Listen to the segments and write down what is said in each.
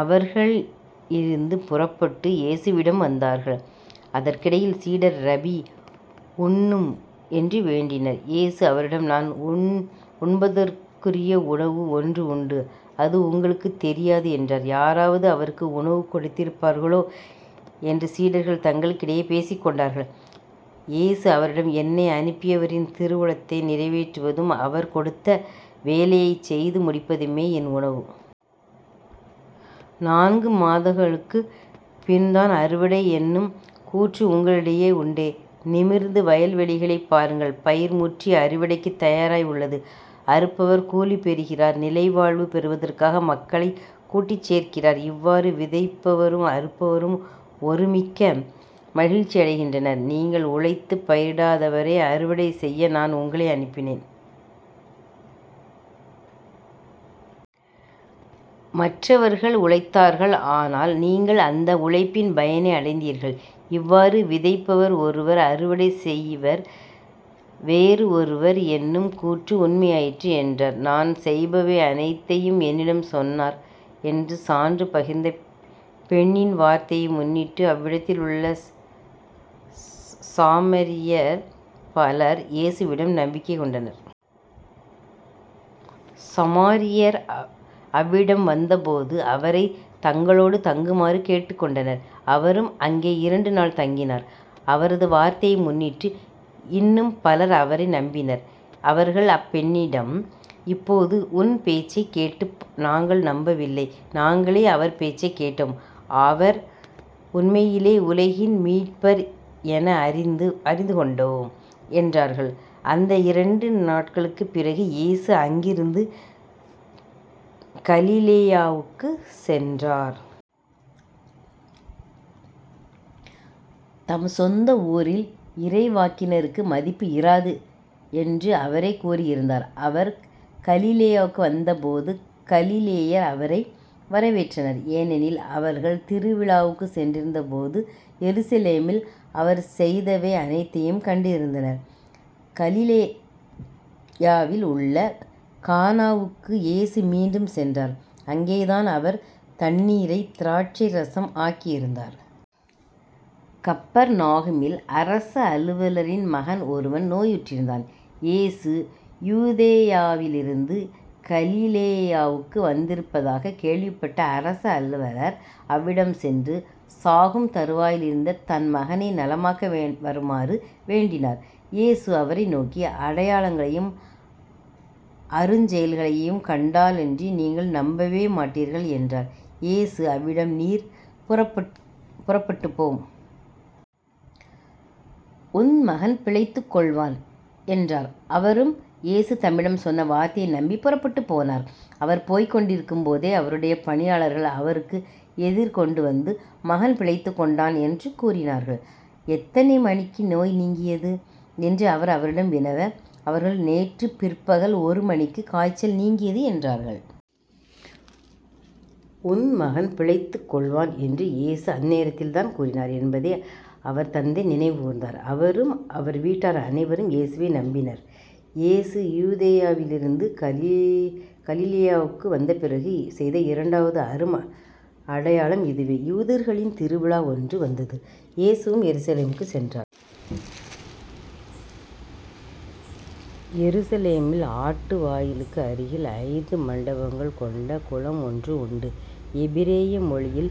அவர்கள் இலிருந்து புறப்பட்டு இயேசுவிடம் வந்தார்கள். அதற்கிடையில் சீடர் ரபி உண்ணும் என்று வேண்டினர். இயேசு அவர்களிடம் நான் உண்பதற்குரிய உணவு ஒன்று உண்டு. அது உங்களுக்குத் தெரியாது என்றார். யாராவது அவருக்கு உணவு கொடுத்திருப்பார்களோ என்று சீடர்கள் தங்களிடையே பேசிக்கொண்டார்கள். இயேசு அவர்களிடம் என்னை அனுப்பியவரின் திருவுளத்தை நிறைவேற்றுவதும் அவர் கொடுத்த வேலையைச் செய்து முடிப்பதுமே என் உணவு. நான்கு மாதங்களுக்குப் பின்தான் அறுவடை என்னும் கூற்று உங்களிடையே உண்டே. நிமிர்ந்து வயல்வெளிகளைப் பாருங்கள். பயிர் முற்றி அறுவடைக்குத் தயாராய் உள்ளது. அறுப்பவர் கூலி பெறுகிறார் நிலைவாழ்வு பெறுவதற்காக மக்களைக் கூட்டிச் சேர்க்கிறார். இவ்வாறு விதைப்பவரும் அறுப்பவரும் ஒருமிக்க மகிழ்ச்சியடைகின்றனர். நீங்கள் உழைத்துப் பயிரிடாததை அறுவடை செய்ய நான் உங்களை அனுப்பினேன். மற்றவர்கள் உழைத்தார்கள் ஆனால் நீங்கள் அந்த உழைப்பின் பயனை அடைந்தீர்கள். இவ்வாறு விதைப்பவர் ஒருவர் அறுவடை செய்பவர் வேறு ஒருவர் என்னும் கூற்று உண்மையாயிற்று என்றார். நான் செய்பவை அனைத்தையும் என்னிடம் சொன்னார் என்று சான்று பகர்ந்த பெண்ணின் வார்த்தையை முன்னிட்டு அவ்விடத்திலுள்ள சமாரியர் பலர் இயேசுவிடம் நம்பிக்கை கொண்டனர். சமாரியர் அவ்விடம் வந்தபோது அவரைத் தங்களோடு தங்குமாறு கேட்டுக்கொண்டனர். அவரும் அங்கே இரண்டு நாள் தங்கினார். அவரது வார்த்தையை முன்னிட்டு இன்னும் பலர் அவரை நம்பினர். அவர்கள் அப்பெண்ணிடம் இப்போது உன் பேச்சைக் கேட்டு நாங்கள் நம்பவில்லை நாங்களே அவர் பேச்சைக் கேட்டோம். ஆவர் உண்மையிலே உலகின் மீட்பர் என அறிந்து கொண்டோம் என்றார்கள் அந்த இரண்டு நாளுக்கு பிறகு இயேசு அங்கிருந்து கலிலேயாவுக்குச் சென்றார். தம் சொந்த ஊரில் இறைவாக்கினருக்கு மதிப்பு இராது என்று அவரே கூறியிருந்தார். அவர் கலிலேயா வந்தபோது கலிலேயர் அவரை வரவேற்றனர். ஏனெனில் அவர்கள் திருவிழாவுக்குச் சென்றிருந்த போது எருசலேமில் அவர் செய்தவை அனைத்தையும் கண்டிருந்தனர். கலிலேயாவில் உள்ள கானாவுக்கு இயேசு மீண்டும் சென்றார். அங்கே தான் அவர் தண்ணீரைத் திராட்சை இரசம் ஆக்கியிருந்தார். கப்பர்நாகுமில் அரச அலுவலரின் மகன் ஒருவன் நோயுற்றிருந்தான். இயேசு யூதேயாவிலிருந்து கலிலேயாவுக்கு வந்திருப்பதாகக் கேள்விப்பட்ட அரச அலுவலர் அவ்விடம் சென்று சாகும் தறுவாயிலிருந்த தம் மகனை நலமாக்க வருமாறு வேண்டினார். இயேசு அவரை நோக்கி அடையாளங்களையும் அருஞ்செயல்களையும் கண்டாலன்றி நீங்கள் நம்பவே மாட்டீர்கள். என்றார். இயேசு அவ்விடம் நீர் புறப்பட்டுப்போம். உம் மகன் பிழைத்துக் கொள்வான் என்றார். அவரும் இயேசு தம்மிடம் சொன்ன வார்த்தையை நம்பிப் புறப்பட்டுப் போனார். அவர் போய்க் கொண்டிருக்கும் போதே அவருடைய பணியாளர்கள் அவருக்கு எதிர்கொண்டுவந்து மகன் பிழைத்துக் கொண்டான் என்று கூறினார்கள். எத்தனை மணிக்கு நோய் நீங்கியது? என்று அவர் அவர்களிடம் வினவ அவர்கள் நேற்றுப் பிற்பகல் ஒருமணிக்கு காய்ச்சல் நீங்கியது என்றார்கள். உம் மகன் பிழைத்துக் கொள்வான் என்று இயேசு அந்நேரத்தில்தான் கூறினார் என்பதை அவன் தந்தை நினைவுகூர்ந்தார். அவரும் அவர் வீட்டார் அனைவரும் இயேசுவை நம்பினர். இயேசு யூதேயாவிலிருந்து கலிலேயாவுக்கு வந்தபிறகு செய்த இரண்டாவது அரும் அடையாளம் இதுவே. யூதர்களின் திருவிழா ஒன்று வந்தது. இயேசுவும் எருசலேமுக்குச் சென்றார். எருசலேமில் ஆட்டு வாயிலுக்கு அருகில் ஐந்து மண்டபங்கள் கொண்ட குளம் ஒன்று உண்டு. எபிரேய மொழியில்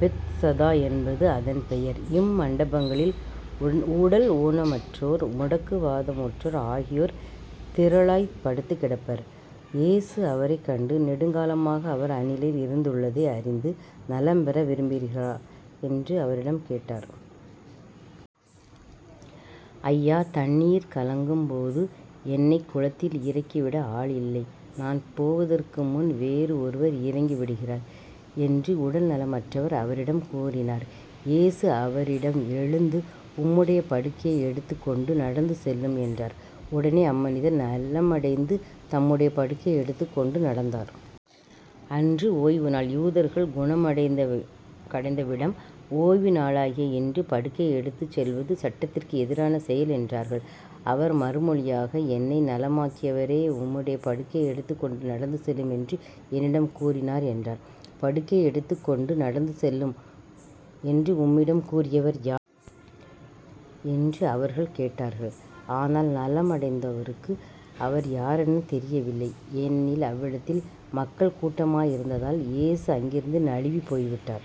பெத்சதா என்பது அதன் பெயர். இம்மண்டபங்களில் உடல்நலமற்றோர் முடக்குவாதமுற்றோர் ஆகியோர் திரளாய்ப்படுத்துக்கிடப்பர். இயேசு அவரைக் கண்டு நெடுங்காலமாக அவர் அந்நிலையில் இருந்துள்ளதை அறிந்துநலம்பெற விரும்புகிறீரா? என்று அவரிடம் கேட்டார். ஐயா தண்ணீர் கலங்கும் போது என்னைக் குளத்தில் இறக்கிவிட ஆள் இல்லை. நான் போவதற்கு முன் வேறு ஒருவர் இறங்கிவிடுகிறார் என்று உடல் நலமற்றவர் அவரிடம் கூறினார். இயேசு அவரிடம் எழுந்து உம்முடைய படுக்கையை எடுத்துக் கொண்டு நடந்து செல்லும் என்றார். உடனே அம்மனிதர் நலமடைந்து தம்முடைய படுக்கையை எடுத்துக் கொண்டு நடந்தார். அன்று ஓய்வு நாள். யூதர்கள் குணமடைந்தவிடம் ஓய்வு நாளாகிய இன்று படுக்கையை எடுத்துச் செல்வது சட்டத்திற்கு எதிரான செயல் என்றார்கள். அவர் மறுமொழியாக என்னை நலமாக்கியவரே உம்முடைய படுக்கையை எடுத்துக்கொண்டு நடந்துசெல்லும் என்று என்னிடம் கூறினார் என்றார். படுக்கையை எடுத்துக் கொண்டு நடந்து செல்லும் என்று உம்மிடம் கூறியவர் யார்? என்று அவர்கள் கேட்டார்கள். ஆனால் நலமடைந்தவருக்கு அவர் யாரெனத் தெரியவில்லை. ஏனெனில் அவ்விடத்தில் மக்கள் கூட்டமாய் இருந்ததால் இயேசு அங்கிருந்து நழுவிப் போய் விட்டார்.